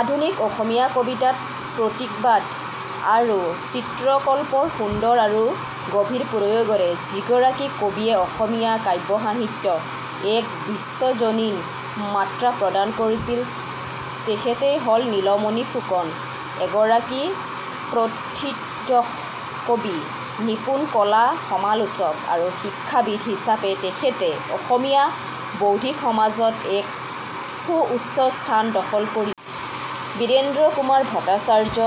আধুনিক অসমীয়া কবিতাত প্ৰতীকবাদ আৰু চিত্ৰকল্পৰ সুন্দৰ আৰু গভীৰ প্ৰয়োগেৰে যিগৰাকী কবিয়ে অসমীয়া কাব্য সাহিত্যক এক বিশ্বজনীন মাত্ৰা প্ৰদান কৰিছিল, তেখেতেই হ'ল নীলমণি ফুকন। এগৰাকী প্ৰথিতযশা কবি, নিপুণ কলা-সমালোচক আৰু শিক্ষাবিদ হিচাপে তেখেতে অসমীয়া বৌদ্ধিক সমাজত এক সুউচ্চ স্থান দখল কৰিছে। বীৰেন্দ্ৰ কুমাৰ ভট্টাচাৰ্য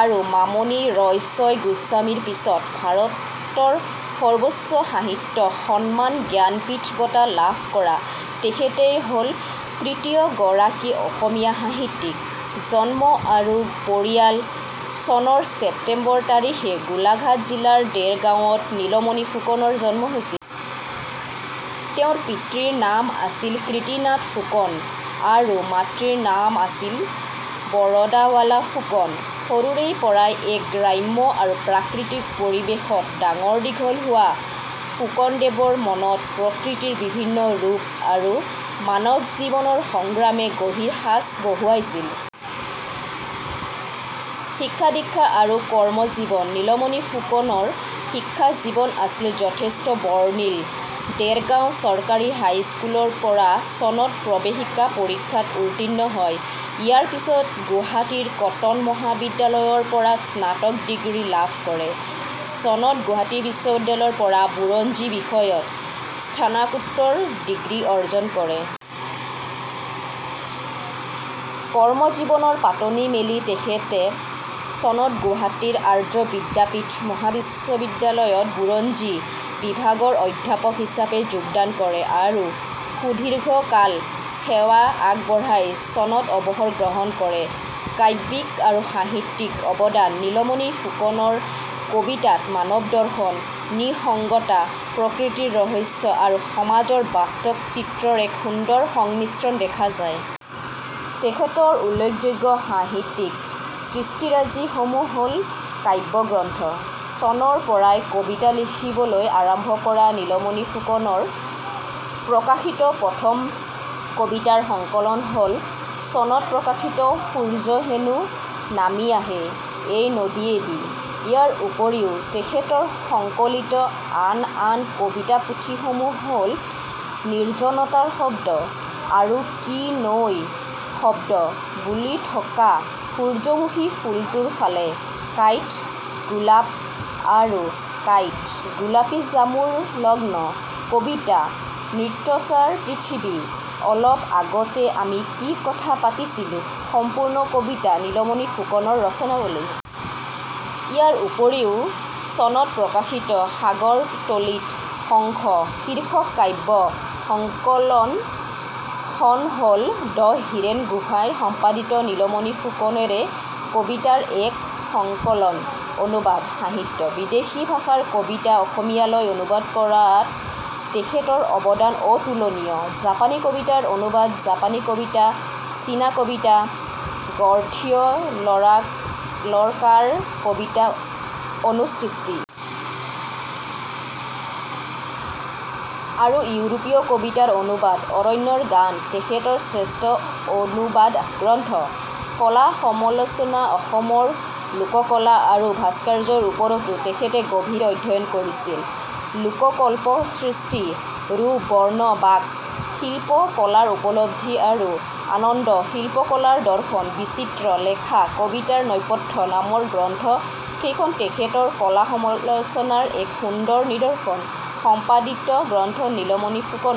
আৰু মামণি ৰয়ছম গোস্বামীৰ পিছত ভাৰতৰ সৰ্বোচ্চ সাহিত্য সন্মান 'জ্ঞানপীঠ বঁটা' লাভ কৰা তেখেতেই হ'ল তৃতীয়গৰাকী অসমীয়া সাহিত্যিক। জন্ম আৰু পৰিয়াল: চনৰ ছেপ্টেম্বৰ তাৰিখে গোলাঘাট জিলাৰ দেৰগাঁৱত নীলমণি ফুকনৰ জন্ম হৈছিল। তেওঁৰ পিতৃৰ নাম আছিল কীৰ্তিনাথ ফুকন আৰু মাতৃৰ নাম আছিল বৰদাবালা ফুকন। সৰুৰে পৰাই এক গ্ৰাম্য আৰু প্ৰাকৃতিক পৰিৱেশত ডাঙৰ-দীঘল হোৱা ফুকনদেৱৰ মনত প্ৰকৃতিৰ বিভিন্ন ৰূপ আৰু মানৱ জীৱনৰ সংগ্ৰামে গভীৰ সাঁচ বহুৱাইছিল। শিক্ষা-দীক্ষা আৰু কৰ্মজীৱন: নীলমণি ফুকনৰ শিক্ষাজীৱন আছিল যথেষ্ট বৰ্ণিল: দেৰগাঁও চৰকাৰী হাইস্কুলৰ পৰা চনত প্ৰৱেশিকা পৰীক্ষাত উত্তীৰ্ণ হয়। ইয়াৰ পিছত গুৱাহাটীৰ কটন মহাবিদ্যালয়ৰ পৰা স্নাতক ডিগ্ৰী লাভ কৰে। চনত গুৱাহাটী বিশ্ববিদ্যালয়ৰ পৰা বুৰঞ্জী বিষয়ত স্নাতকোত্তৰ ডিগ্ৰী অৰ্জন কৰে। কৰ্মজীৱনৰ পাতনি মেলি তেখেতে চনত গুৱাহাটীৰ আৰ্য বিদ্যাপীঠ মহাবিদ্যালয়ত বুৰঞ্জী বিভাগৰ অধ্যাপক হিচাপে যোগদান কৰে আৰু সুদীৰ্ঘকাল সেৱা আগবঢ়াই চনত অৱসৰ গ্ৰহণ কৰে। কাব্যিক আৰু সাহিত্যিক অৱদান: নীলমণি ফুকনৰ কবিতাত মানৱ দৰ্শন, নিসংগতা, প্ৰকৃতিৰ ৰহস্য আৰু সমাজৰ বাস্তৱ চিত্ৰৰ এক সুন্দৰ সংমিশ্ৰণ দেখা যায়। তেখেতৰ উল্লেখযোগ্য সাহিত্যিক সৃষ্টিৰাজিসমূহ হ'ল: কাব্যগ্ৰন্থ: ' চনৰ পৰাই কবিতা লিখিবলৈ আৰম্ভ কৰা নীলমণি ফুকনৰ প্ৰকাশিত প্ৰথম কবিতাৰ সংকলন হ'ল চনত প্ৰকাশিত সূৰ্য হেনো নামি আহে এই নদীয়েদি। ইয়াৰ উপৰিও তেখেতৰ সংকলিত আন আন কবিতা পুথি সমূহ হ'ল- 'নিৰ্জনতাৰ শব্দ', 'আৰু কি নৈ:শব্দ', 'ফুলি থকা সূৰ্যমুখী ফুলটোৰ ফালে', 'কাঁইট গোলাপ আৰু কাঁইট', 'গোলাপী জামুৰ লগ্ন', 'কবিতা', 'নৃত্যৰতা পৃথিৱী', 'অলপ আগতে আমি কি কথা পাতিছিলো', 'সম্পূৰ্ণ কবিতা', 'নীলমণি ফুকন ৰচনাৱলী'। ইয়াৰ উপৰিও চনত প্ৰকাশিত সাগৰ তলিত শংখ শীৰ্ষক কাব্য সংকলন খন হ'ল ড হিৰেণ গোঁসাই সম্পাদিত নীলমণি ফুকনৰে কবিতাৰ এক সংকলন অনুবাদ সাহিত্য: বিদেশী ভাষাৰ কবিতা অসমীয়ালৈ অনুবাদ কৰাত তেখেতৰ অৱদান অতুলনীয়। জাপানী কবিতাৰ অনুবাদ 'জাপানী কবিতা 'চীনা কবিতা' 'গৰ্থিয়া ল'ৰকাৰ কবিতা', 'অনুসৃষ্টি'। আৰু ইউৰোপীয় কবিতাৰ অনুবাদ 'অৰণ্যৰ গান' তেখেতৰ শ্ৰেষ্ঠ অনুবাদ গ্ৰন্থ। কলা-সমালোচনা: অসমৰ লোককলা আৰু ভাস্কৰ্যৰ ওপৰতো তেখেতে গভীৰ অধ্যয়ন কৰিছিল। 'লোককল্পদৃষ্টি', 'ৰূপ বৰ্ণ বাক', 'শিল্প কলাৰ উপলব্ধি আৰু আনন্দ', 'শিল্প কলাৰ দৰ্শন', 'বিচিত্ৰ লেখা', 'কবিতাৰ নেপথ্য' নামৰ গ্ৰন্থ কেইখন তেখেতৰ কলা-সমালোচনাৰ এক সুন্দৰ নিদৰ্শন। সম্পাদিত গ্ৰন্থ: নীলমণি ফুকনৰ